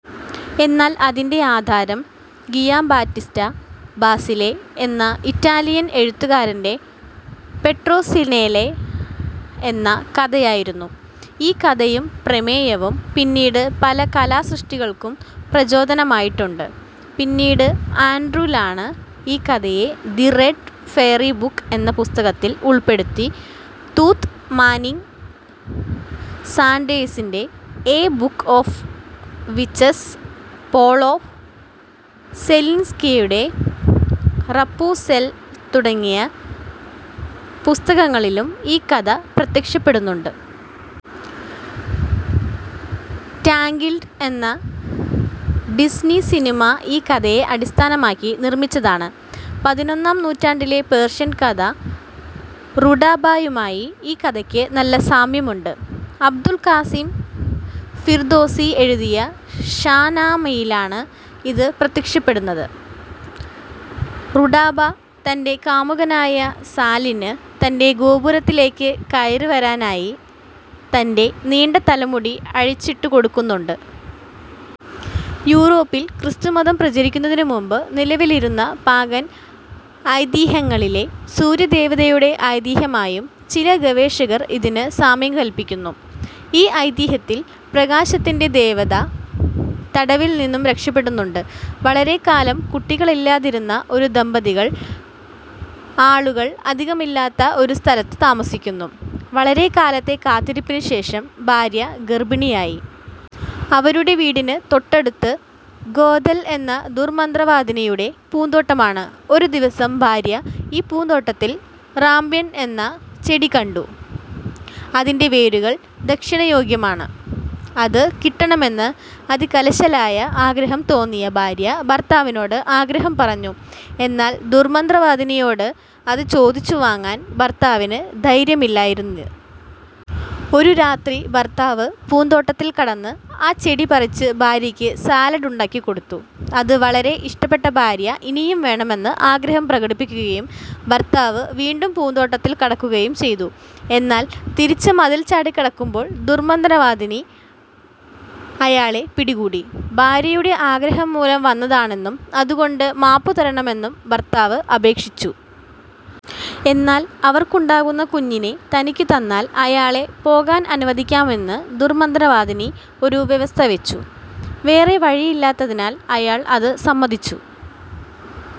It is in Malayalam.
എന്നാൽ അതിൻ്റെ ആധാരം ഗിയാംബാറ്റിസ്റ്റ ബാസിലെ എന്ന ഇറ്റാലിയൻ എഴുത്തുകാരൻ്റെ പെട്രോസിനെല്ല എന്ന കഥയായിരുന്നു. ഈ കഥയും പ്രമേയവും പിന്നീട് പല കലാസൃഷ്ടികൾക്കും പ്രചോദനമായിട്ടുണ്ട്. പിന്നീട് ആൻഡ്രൂ ലാങ് ഈ കഥയെ 'ദി റെഡ് ഫെയറി ബുക്ക്' എന്ന പുസ്തകത്തിൽ ഉൾപ്പെടുത്തി. രൂത്ത് മാനിംഗ് സാന്ഡേഴ്സിൻ്റെ 'a book of witches', Paul O സെലിൻസ്കിയുടെ 'റപ്പുൻസെൽ' തുടങ്ങിയ പുസ്തകങ്ങളിലും ഈ കഥ പ്രത്യക്ഷപ്പെടുന്നുണ്ട്. 'റ്റാങ്കിൽഡ്' എന്ന ഡിസ്നി സിനിമ ഈ കഥയെ അടിസ്ഥാനമാക്കി നിർമ്മിച്ചതാണ്. പതിനൊന്നാം നൂറ്റാണ്ടിലെ പേർഷ്യൻ കഥ റുഡാബയുമായി ഈ കഥയ്ക്ക് നല്ല സാമ്യമുണ്ട്. അബ്ദുൾ കാസിം ഫിർദോസി എഴുതിയ ഷാ നാമയിലാണ് ഇത് പ്രത്യക്ഷപ്പെടുന്നത്. റുഡാബ തൻ്റെ കാമുകനായ സാലിന് തൻ്റെ ഗോപുരത്തിലേക്ക് കയറിവരാനായി തൻ്റെ നീണ്ട തലമുടി അഴിച്ചിട്ടു കൊടുക്കുന്നുണ്ട്. യൂറോപ്പിൽ ക്രിസ്തുമതം പ്രചരിക്കുന്നതിന് മുൻപ് നിലവിലിരുന്ന പാഗൻ ഐതിഹ്യങ്ങളിലെ സൂര്യദേവതയുടെ ഐതിഹ്യവുമായും ചില ഗവേഷകർ ഇതിന് സാമ്യം കൽപ്പിക്കുന്നു. ഈ ഐതിഹ്യത്തിൽ പ്രകാശത്തിൻ്റെ ദേവത തടവിൽ നിന്നും രക്ഷപ്പെടുന്നുണ്ട്. വളരെക്കാലം കുട്ടികളില്ലാതിരുന്ന ഒരു ദമ്പതികൾ ആളുകൾ അധികമില്ലാത്ത ഒരു സ്ഥലത്ത് താമസിക്കുന്നു. വളരെക്കാലത്തെ കാത്തിരിപ്പിനുശേഷം ഭാര്യ ഗർഭിണിയായി. അവരുടെ വീടിന് തൊട്ടടുത്ത് ഗോഥൽ എന്ന ദുർമന്ത്രവാദിനിയുടെ പൂന്തോട്ടമാണ്. ഒരു ദിവസം ഭാര്യ ഈ പൂന്തോട്ടത്തിൽ റാമ്പ്യൻ എന്ന ചെടി കണ്ടു. ഇതിൻ്റെ വേരുകൾ ഭക്ഷണയോഗ്യമാണ്. അത് കിട്ടണമെന്ന് അതികലശലായ ആഗ്രഹം തോന്നിയ ഭാര്യ ഭർത്താവിനോട് ആഗ്രഹം പറഞ്ഞു. എന്നാൽ ദുർമന്ത്രവാദിനിയോട് അത് ചോദിച്ചു വാങ്ങാൻ ഭർത്താവിന് ധൈര്യമില്ലായിരുന്നു. ഒരു രാത്രി ഭർത്താവ് പൂന്തോട്ടത്തിൽ കടന്ന് ആ ചെടി പറിച്ച് ഭാര്യയ്ക്ക് സാലഡ് ഉണ്ടാക്കി കൊടുത്തു. അത് വളരെ ഇഷ്ടപ്പെട്ട ഭാര്യ ഇനിയും വേണമെന്ന് ആഗ്രഹം പ്രകടിപ്പിക്കുകയും ഭർത്താവ് വീണ്ടും പൂന്തോട്ടത്തിൽ കടക്കുകയും ചെയ്തു. എന്നാൽ തിരിച്ച് മതിൽ ചാടിക്കടക്കുമ്പോൾ ദുർമന്ത്രവാദിനി അയാളെ പിടികൂടി. ഭാര്യയുടെ ആഗ്രഹം മൂലം വന്നതാണെന്നും അതുകൊണ്ട് മാപ്പു തരണമെന്നും ഭർത്താവ് അപേക്ഷിച്ചു. എന്നാൽ അവർക്കുണ്ടാകുന്ന കുഞ്ഞിനെ തനിക്ക് തന്നാൽ അയാളെ പോകാൻ അനുവദിക്കാമെന്ന് ദുർമന്ത്രവാദിനി ഒരു വ്യവസ്ഥ വെച്ചു. വേറെ വഴിയില്ലാത്തതിനാൽ അയാൾ അത് സമ്മതിച്ചു.